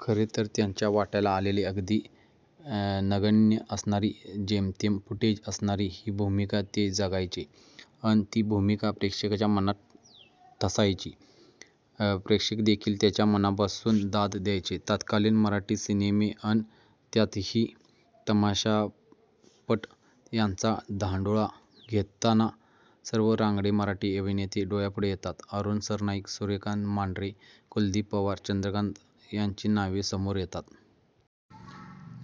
खरे तर त्यांच्या वाट्याला आलेली अगदी नगण्य असणारी जेमतेम फुटेज असणारी ही भूमिका ते जगायचे अन ती भूमिका प्रेक्षकाच्या मनात ठसायची. प्रेक्षकदेखील त्यांना मनापासून दाद द्यायचे. तत्कालीन मराठी सिनेमे अन त्यातही तमाशापट यांचा धांडोळा घेताना सर्व रांगडे मराठी अभिनेते डोळ्यापुढे येतात, अरुण सरनाईक, सूर्यकांत मांढरे, कुलदीप पवार, चंद्रकांत यांची नावे समोर येतात.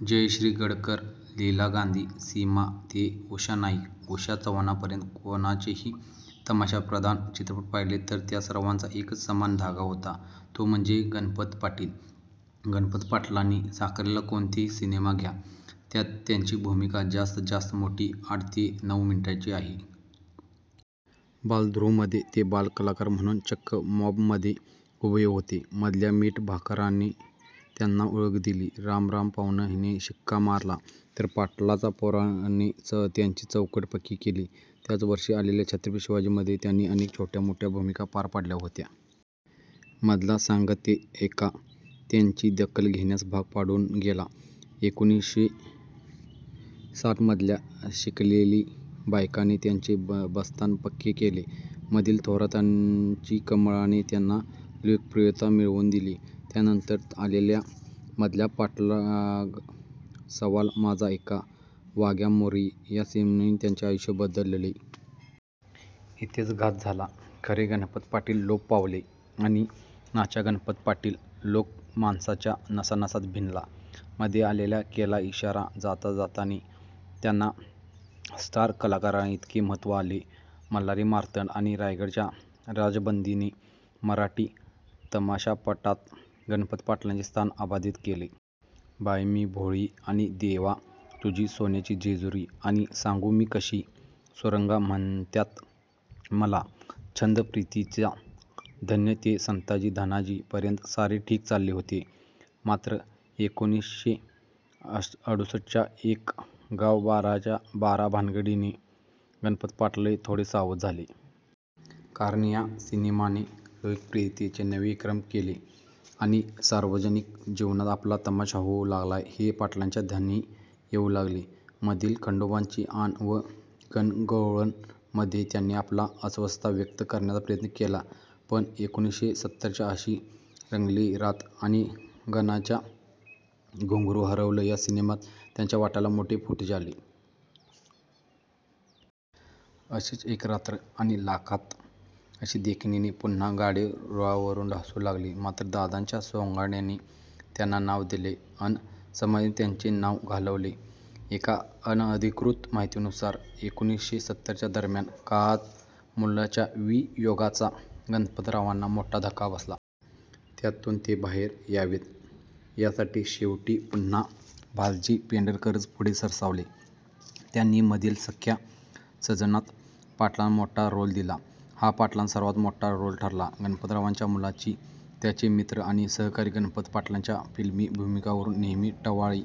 जयश्री गडकर, लीला गांधी, सीमा ते उषा नाईक, उषा चव्हाणपर्यंत कोणाचेही तमाशाप्रधान चित्रपट पाहिले तर त्या सर्वांचा एकच समान धागा होता तो म्हणजे गणपत पाटील! गणपत पाटलांनी साकारलेला कोणताही सिनेमा घ्या, त्यात त्यांची भूमिका जास्तीत जास्त मोठी आठ ते नऊ मिनिटांची आहे. बालध्रुवमध्ये ते बालकलाकार म्हणून चक्क मॉबमध्ये उभे होते. मधल्या मीठभाकरने त्यांना ओळख दिली. राम राम पाव्हणं ने शिक्का मारला तर पाटलाचा पोरने त्यांची चौकट पक्की केली. त्याच वर्षी आलेल्या छत्रपती शिवाजीमध्ये त्यांनी अनेक छोट्या भूमिका पार पाडल्या होत्या. मधला सांगत्ये ऐका त्यांची दखल घेण्यास भाग पाडून गेला. एकोणीसशे साठमधल्या शिकलेली बायकोने त्यांचे बस्तान पक्के केले. मधील थोरातांची कमळाने त्यांना लोकप्रियता मिळवून दिली. त्यानंतर आलेल्या मधल्या पाठलाग, सवाल माझा ऐका, वाघ्या मुरळी या सिनेमांनी त्यांचे आयुष्य बदलले. इथेच घात झाला. खरे गणपत पाटील लोप पावले आणि नाच्या गणपत पाटील लोकमानसाच्या नसनसात भिनला. मध्ये आलेल्या केला इशारा जाता जाताने त्यांना स्टार कलाकारांइतके महत्त्व आले. मल्हारी मार्तंड आणि रायगडचा राजबंदीने मराठी तमाशापटात गणपत पाटलांचे स्थान अबाधित केले. बाई मी भोळी आणि देवा तुझी सोन्याची जेजुरी आणि सांगू मी कशी, सुरंगा म्हणत्यात मला, छंद प्रीतिचा, धन्य ते संताजी धनाजी पर्यंत सारे ठीक चालले होते. मात्र एकोणीसशे अडुसष्टच्या एक गाव बारा भानगडीने गणपत पाटील थोडेसे सावध झाले. कारण या सिनेमाने लोकप्रियतेचे नवे विक्रम केले आणि सार्वजनिक जीवनात आपला तमाशा होऊ लागलाय हे पाटलांच्या ध्यानी येऊ लागले. मधील खंडोबाची आण व गणगौळणमध्ये त्यांनी आपली अस्वस्थता व्यक्त करण्याचा प्रयत्न केला पण एकोणीसशे सत्तरच्या अशी रंगली रात आणि गणानं घुंगरू हरवलं या सिनेमात त्यांच्या वाट्याला मोठे फुटेज आले. अशीच एक रात्र आणि लाखात अशी देखणीने पुन्हा गाडी रुळावरून ढासळू लागली. मात्र दादांच्या सोंगाड्याने त्यांना नाव दिले अन समाजाने त्यांचे नाव घालवले. एका अनधिकृत माहितीनुसार एकोणीसशे सत्तरच्या दरम्यानच्या काळात मुलाच्या वियोगाचा गणपतरावांना मोठा धक्का बसला. त्यातून ते बाहेर यावेत यासाठी शेवटी पुन्हा भालजी पेंढारकरच पुढे सरसावले. त्यांनी मधील सख्या सजनात पाटलांना मोठा रोल दिला. हा पाटलांचा सर्वात मोठा रोल ठरला. गणपतरावांच्या मुलाची, त्याचे मित्र आणि सहकारी गणपत पाटलांच्या फिल्मी भूमिकांवरून नेहमी टवाळी